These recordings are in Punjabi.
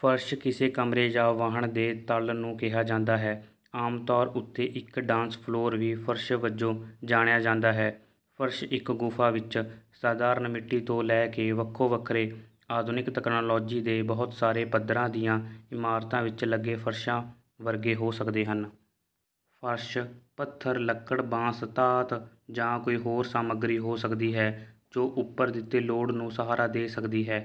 ਫ਼ਰਸ਼ ਕਿਸੇ ਕਮਰੇ ਜਾਂ ਵਾਹਨ ਦੇ ਤਲ ਨੂੰ ਕਿਹਾ ਜਾਂਦਾ ਹੈ। ਆਮ ਤੌਰ ਉੱਤੇ ਇੱਕ ਡਾਂਸ ਫਲੋਰ ਵੀ ਫ਼ਰਸ਼ ਵਜੋਂ ਜਾਣਿਆ ਜਾਂਦਾ ਹੈ। ਫ਼ਰਸ਼ ਇੱਕ ਗੁਫਾ ਵਿੱਚ ਸਾਧਾਰਨ ਮਿੱਟੀ ਤੋਂ ਲੈ ਕੇ ਵੱਖੋ ਵੱਖਰੇ ਆਧੁਨਿਕ ਤਕਨਾਲੋਜੀ ਦੇ ਬਹੁਤ ਸਾਰੇ ਪੱਧਰਾਂ ਦੀਆਂ ਇਮਾਰਤਾਂ ਵਿੱਚ ਲੱਗੇ ਫ਼ਰਸ਼ਾਂ ਵਰਗੇ ਹੋ ਸਕਦੇ ਹਨ। ਫ਼ਰਸ਼ ਪੱਥਰ ਲੱਕੜ ਬਾਂਸ ਧਾਤ ਜਾਂ ਕੋਈ ਹੋਰ ਸਾਮੱਗਰੀ ਹੋ ਸਕਦੀ ਹੈ ਜੋ ਉੱਪਰ ਦਿੱਤੇ ਲੋਡ ਨੂੰ ਸਹਾਰਾ ਦੇ ਸਕਦੀ ਹੈ।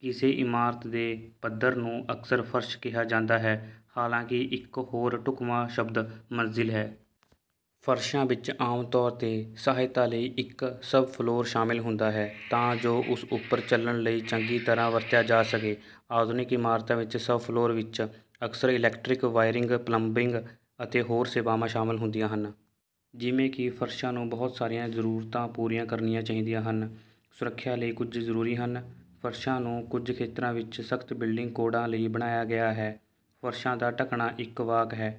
ਕਿਸੇ ਇਮਾਰਤ ਦੇ ਪੱਧਰ ਨੂੰ ਅਕਸਰ ਫ਼ਰਸ਼ ਕਿਹਾ ਜਾਂਦਾ ਹੈ ਹਾਲਾਂਕਿ ਇੱਕ ਹੋਰ ਢੁੱਕਵਾਂ ਸ਼ਬਦ ਮੰਜ਼ਿਲ ਹੈ। ਫ਼ਰਸ਼ਾਂ ਵਿੱਚ ਆਮ ਤੌਰ ਤੇ ਸਹਾਇਤਾ ਲਈ ਇੱਕ ਸਬਫਲੋਰ ਸ਼ਾਮਲ ਹੁੰਦਾ ਹੈ ਤਾਂ ਜੋ ਉਸ ਉੱਪਰ ਚਲਣ ਲਈ ਚੰਗੀ ਤਰਾਂ ਵਰਤਿਆ ਜਾ ਸਕੇ। ਆਧੁਨਿਕ ਇਮਾਰਤਾਂ ਵਿੱਚ ਸਬਫਲਰ ਵਿੱਚ ਅਕਸਰ ਇਲੈਕਟ੍ਰਿਕ ਵਾਇਰਿੰਗ ਪਲੰਬਿੰਗ ਅਤੇ ਹੋਰ ਸੇਵਾਵਾਂ ਸ਼ਾਮਲ ਹੁੰਦੀਆਂ ਹਨ। ਜਿਵੇਂ ਕਿ ਫ਼ਰਸ਼ਾਂ ਨੂੰ ਬਹੁਤ ਸਾਰੀਆਂ ਜ਼ਰੂਰਤਾਂ ਪੂਰੀਆਂ ਕਰਨੀਆਂ ਚਾਹੀਦੀਆਂ ਹਨ ਸੁਰੱਖਿਆ ਲਈ ਕੁਝ ਜਰੂਰੀ ਹਨ ਫ਼ਰਸ਼ਾਂ ਨੂੰ ਕੁਝ ਖੇਤਰਾਂ ਵਿੱਚ ਸਖ਼ਤ ਬਿਲਡਿੰਗ ਕੋਡਾਂ ਲਈ ਬਣਾਇਆ ਗਿਆ ਹੈ। ਫ਼ਰਸ਼ ਦਾ ਢੱਕਣਾ ਇੱਕ ਵਾਕ ਹੈ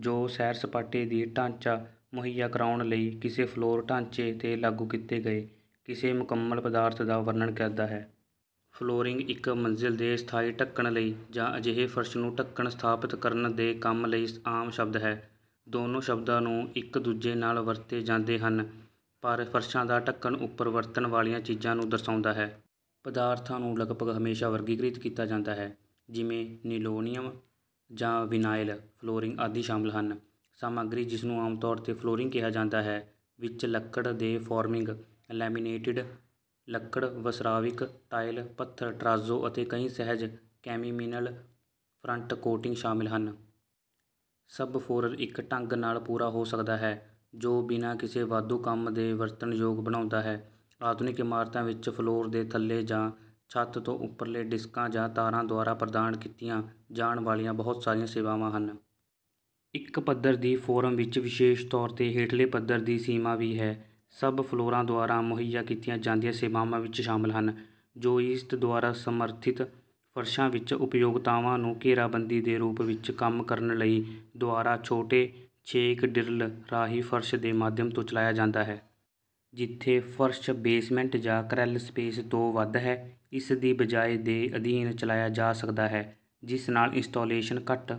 ਜੋ ਸੈਰ ਸਪਾਟੇ ਦੀ ਢਾਂਚਾ ਮੁਹੱਈਆ ਕਰਾਉਣ ਲਈ ਕਿਸੇ ਫਲੋਰ ਢਾਂਚੇ ਤੇ ਲਾਗੂ ਕੀਤੇ ਗਏ ਕਿਸੇ ਮੁਕੰਮਲ ਪਦਾਰਥ ਦਾ ਵਰਣਨ ਕਰਦਾ ਹੈ। ਫਲੋਰਿੰਗ ਇੱਕ ਮੰਜ਼ਲ ਦੇ ਸਥਾਈ ਢੱਕਣ ਲਈ ਜਾਂ ਅਜਿਹੇ ਫ਼ਰਸ਼ ਨੂੰ ਢੱਕਣ ਸਥਾਪਤ ਕਰਨ ਦੇ ਕੰਮ ਲਈ ਆਮ ਸ਼ਬਦ ਹੈ। ਦੋਨੋ ਸ਼ਬਦਾਂ ਨੂੰ ਇੱਕ ਦੂਜੇ ਨਾਲ ਵਰਤੇ ਜਾਂਦੇ ਹਨ ਪਰ ਫ਼ਰਸ਼ਾਂ ਦਾ ਢੱਕਣ ਉੱਪਰ ਵਰਤਣ ਵਾਲੀਆਂ ਚੀਜ਼ਾਂ ਨੂੰ ਦਰਸਾਉਂਦਾ ਹੈ। ਪਦਾਰਥਾਂ ਨੂੰ ਲਗਭਗ ਹਮੇਸ਼ਾ ਵਰਗੀਕ੍ਰਿਤ ਕੀਤਾ ਜਾਂਦਾ ਹੈ ਜਿਵੇਂ ਲਿਨੋਲੀਅਮ ਜਾਂ ਵਿਨਾਇਲ ਫਲੋਰਿੰਗ ਆਦਿ ਸ਼ਾਮਲ ਹਨ। ਸਾਮੱਗਰੀ ਜਿਸਨੂੰ ਆਮ ਤੌਰ ਤੇ ਫਲੋਰਿੰਗ ਕਿਹਾ ਜਾਂਦਾ ਹੈ ਵਿੱਚ ਲੱਕੜ ਦੇ ਫੋਰਮਿੰਗ ਲੈਮੀਨੇਟਿਡ ਲੱਕੜ ਵਸਰਾਵਿਕ ਟਾਇਲ ਪੱਥਰ ਟਰਾਜ਼ੋ ਅਤੇ ਕਈ ਸਹਿਜ ਕੈਮੀਮਿਨਲ ਫਰੰਟ ਕੋਟਿੰਗ ਸ਼ਾਮਲ ਹਨ। ਸਬਫੋਰਰ ਇੱਕ ਢੰਗ ਨਾਲ ਪੂਰਾ ਹੋ ਸਕਦਾ ਹੈ ਜੋ ਬਿਨਾਂ ਕਿਸੇ ਵਾਧੂ ਕੰਮ ਦੇ ਵਰਤਣ ਯੋਗ ਬਣਾਉਂਦਾ ਹੈ। ਆਧੁਨਿਕ ਇਮਾਰਤਾਂ ਵਿੱਚ ਫਲੋਰ ਦੇ ਥੱਲੇ ਜਾਂ ਛੱਤ ਤੋਂ ਉੱਪਰਲੇ ਡਿਕਟਾਂ ਜਾਂ ਤਾਰਾਂ ਦੁਆਰਾ ਪ੍ਰਦਾਨ ਕੀਤੀਆਂ ਜਾਣ ਵਾਲੀਆਂ ਬਹੁਤ ਸਾਰੀਆਂ ਸੇਵਾਵਾਂ ਹਨ। ਇੱਕ ਪੱਧਰ ਦੀ ਫੋਰਮ ਵਿੱਚ ਵਿਸ਼ੇਸ਼ ਤੌਰ ਤੇ ਹੇਠਲੇ ਪੱਧਰ ਦੀ ਸੀਮਾ ਵੀ ਹੈ। ਸਬ ਫਲੋਰਾਂ ਦੁਆਰਾ ਮੁਹੱਈਆ ਕੀਤੀਆਂ ਜਾਂਦੀਆਂ ਸੇਵਾਵਾਂ ਵਿੱਚ ਸ਼ਾਮਲ ਹਨ ਜੌਈਸਟ ਦੁਆਰਾ ਸਮਰਥਿਤ ਫ਼ਰਸ਼ਾਂ ਵਿੱਚ ਉਪਯੋਗਤਾਵਾਂ ਨੂੰ ਘੇਰਾਬੰਦੀ ਦੇ ਰੂਪ ਵਿੱਚ ਕੰਮ ਕਰਨ ਲਈ ਦੁਆਰਾ ਛੋਟੇ ਛੇਕ ਡਿਰਲ ਰਾਹੀਂ ਫ਼ਰਸ਼ ਦੇ ਮਾਧਿਅਮ ਤੋਂ ਚਲਾਇਆ ਜਾਂਦਾ ਹੈ। ਜਿੱਥੇ ਫ਼ਰਸ਼ ਬੇਸਮੈਂਟ ਜਾਂ ਕ੍ਰੈੱਲਸਪੇਸ ਤੋਂ ਵੱਧ ਹੈ ਇਸ ਦੀ ਬਜਾਏ ਦੇ ਅਧੀਨ ਚਲਾਇਆ ਜਾ ਸਕਦਾ ਹੈ ਜਿਸ ਨਾਲ ਇੰਸਟਾਲੇਸ਼ਨ ਘੱਟ